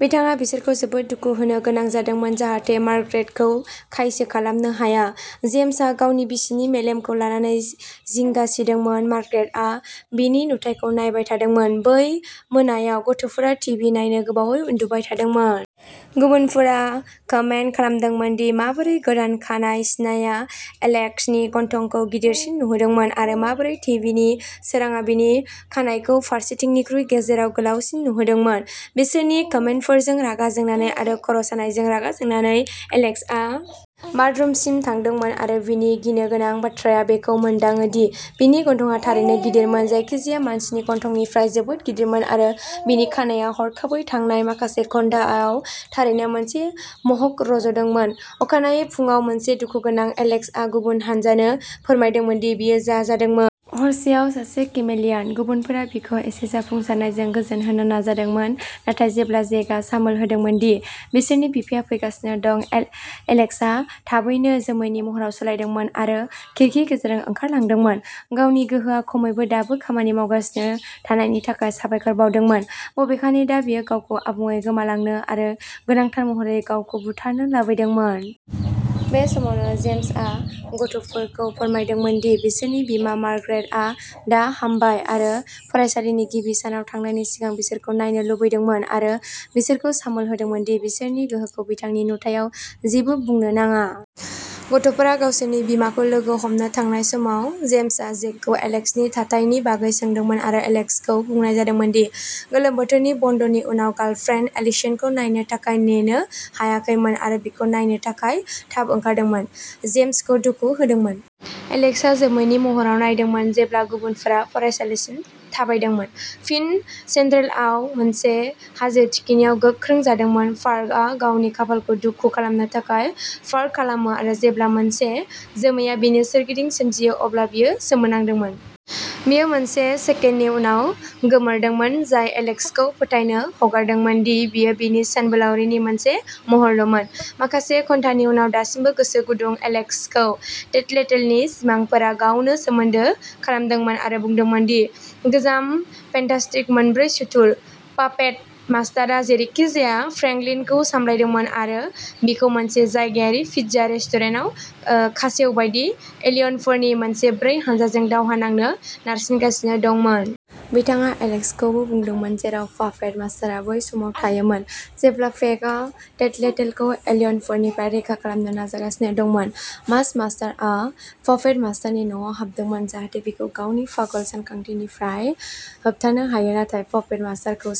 बिथाङा बिसोरखौ जोबोद दुखु होनो गोनां जादोंमोन जाहाथे मार्ग्रेट खौ खायसो खालामनो हाया। जेम्स आ गावनि बिसिनि मेलेमखौ लानानै जि-जिंगा सिदोंमोन, मार्ग्रेट आ बिनि नुथायखौ नायबाय थादोंमोन। बै मोनायाव गथ'फोरा टिभि नायनो गोबावै उन्दुबाय थादोंमोन। गुबुनफोरा कमेन्त खालामदोंमोन दि माबोरै गोदान खानाय सिनाया एलेक्स नि गन्थंखौ गिदिरसिन नुहोदोंमोन आरो माबोरै टिभिनि सोरांआ बिनि खानाइखौ फारसेथिंनिख्रुइ गेजेराव गोलावसिन नुहोदोंमोन। बिसोरनि कमेन्तफोरजों रागा जोंनानै आरो खर'सानायजों रागा जोंनानै, एलेक्स आ बाथरुमसिम थांदोंमोन आरो बिनि गिनो गोनां बाथ्राया बेखौ मोनदाङो दि बिनि गन्थंआ थारैनो गिदिरमोन जायखिजाया मानसिनि गन्थंनिफ्राय जोबोद गिदिरमोन आरो बिनि खानाइया हरखाबै थांनाय माखासे घन्टायाव थारैनो मोनसे मह'क रज'दोंमोन अखानायै फुंआव मोनसे दुखुगोनां एलेक्स आ गुबुन हानजानो फोरमायदोंमोन दि बियो जा जादोंमोन। हरसेआव सासे किमेलियान। गुबुनफोरा बिखौ एसे जाफुंसारनायजों गोजोन होनो नाजादोंमोन, नाथाय जेब्ला जेकआ सामोल होदोंमोन दि बिसोरनि बिफाया फैगासिनो दं ए-एलेक्स आ थाबैनो जोमैनि महराव सोलायदोंमोन आरो खिरखि गेजेरजों ओंखारलांदोंमोन, गावनि गोहोआ खमैबो दाबो खामानि मावगासिनो थानायनि थाखाय साबायखर बावदोंमोन, बबेखानि दा बियो गावखौ आबुङै गोमालांनो आरो गोनांथार महरै गावखौ बुथारनो लुबैदोंमोन। बे समावनो जेम्स आ गथ'फोरखौ फोरमायदोंमोन दि बिसोरनि बिमा मार्ग्रेट आ दा हामबाय आरो फरायसालिनि गिबि सानाव थांनायनि सिगां बिसोरखौ नायनो लुबैदोंमोन आरो बिसोरखौ सामोल होदोंमोन दि बिसोरनि गोहोखौ बिथांनि नुथायाव जेबो बुंनो नाङा। गथ'फोरा गावसोरनि बिमाखौ लोगो हमनो थांनाय समाव, जेम्स आ जेकखौ एलेक्स नि थाथायनि बागै सोंदोंमोन आरो एलेक्स खौ बुंनाय जादोंमोन दि गोलोम बोथोरनि बन्द'नि उनाव गार्लफ्रेन्ड एलिसनखौ नायनो थाखाय नेनो हायाखैमोन आरो बिखौ नायनो थाखाय थाब ओंखारदोंमोन, जेम्स खौ दुखु होदोंमोन। एलेक्स आ जोमैनि महराव नायदोंमोन जेब्ला गुबुनफोरा फरायसालिसिम थाबायदोंमोन, फिन सेन्ट्रेलआव मोनसे हाजो थिखिनियाव गोख्रों जादोंमोन। पार्कआ गावनि खाफालखौ दुखु खालामनो थाखाय पार्क खालामो आरो जेब्ला मोनसे जोमैआ बिनि सोरगिदिं सोमजियो अब्ला बियो सोमोनांदोंमोन। बेयो मोनसे सेकेन्डनि उनाव गोमोरदोंमोन, जाय एलेक्स खौ फोथायनो हगारदोंमोन दि बेयो बिनि सानबोलावरिनि मोनसे महरल'मोन। माखासे घन्टानि उनाव दासिमबो गोसो गुदुं एलेक्स खौ टेटलेटेलनि सिमांफोरा गावनो सोमोन्दो खालामदोंमोन आरो बुंदोंमोन दि गोजाम फेन्टास्टिक मोनब्रै सुथुर पापेट मास्टारआ जेरैखिजाया फ्रेंकलिनखौ सामलायदोंमोन आरो बिखौ मोनसे जायगायारि पिज्जा रेस्टुरेन्टआव ओ खासेव बायदि एलियनफोरनि मोनसे ब्रै हानजाजों दावहा नांनो नारसिनगासिनो दंमोन। बिथाङा एलेक्स खौबो बुंदोंमोन जेराव पापेट मास्टारआ बै समाव थायोमोन। जेब्ला पेकआ टेटलेटेलखौ एलियनफोरनिफ्राय रैखा खालामनो नाजागासिनो दंमोन, मास मास्टार आ पापेट मास्टारनि न'आव हाबदोंमोन जाहाथे बिखौ गावनि पागल सानथांखिनिफ्राय होबथानो हायो, नाथाय पापेट मास्टारखौ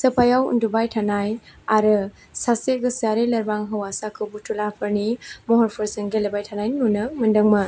सोफायाव उन्दुबाय थानाय आरो सासे गोसोआरि लोरबां हौवासाखौ फुथुलाफोरनि महरफोरजों गेलेबाय थानाय नुनो मोनदोंमोन।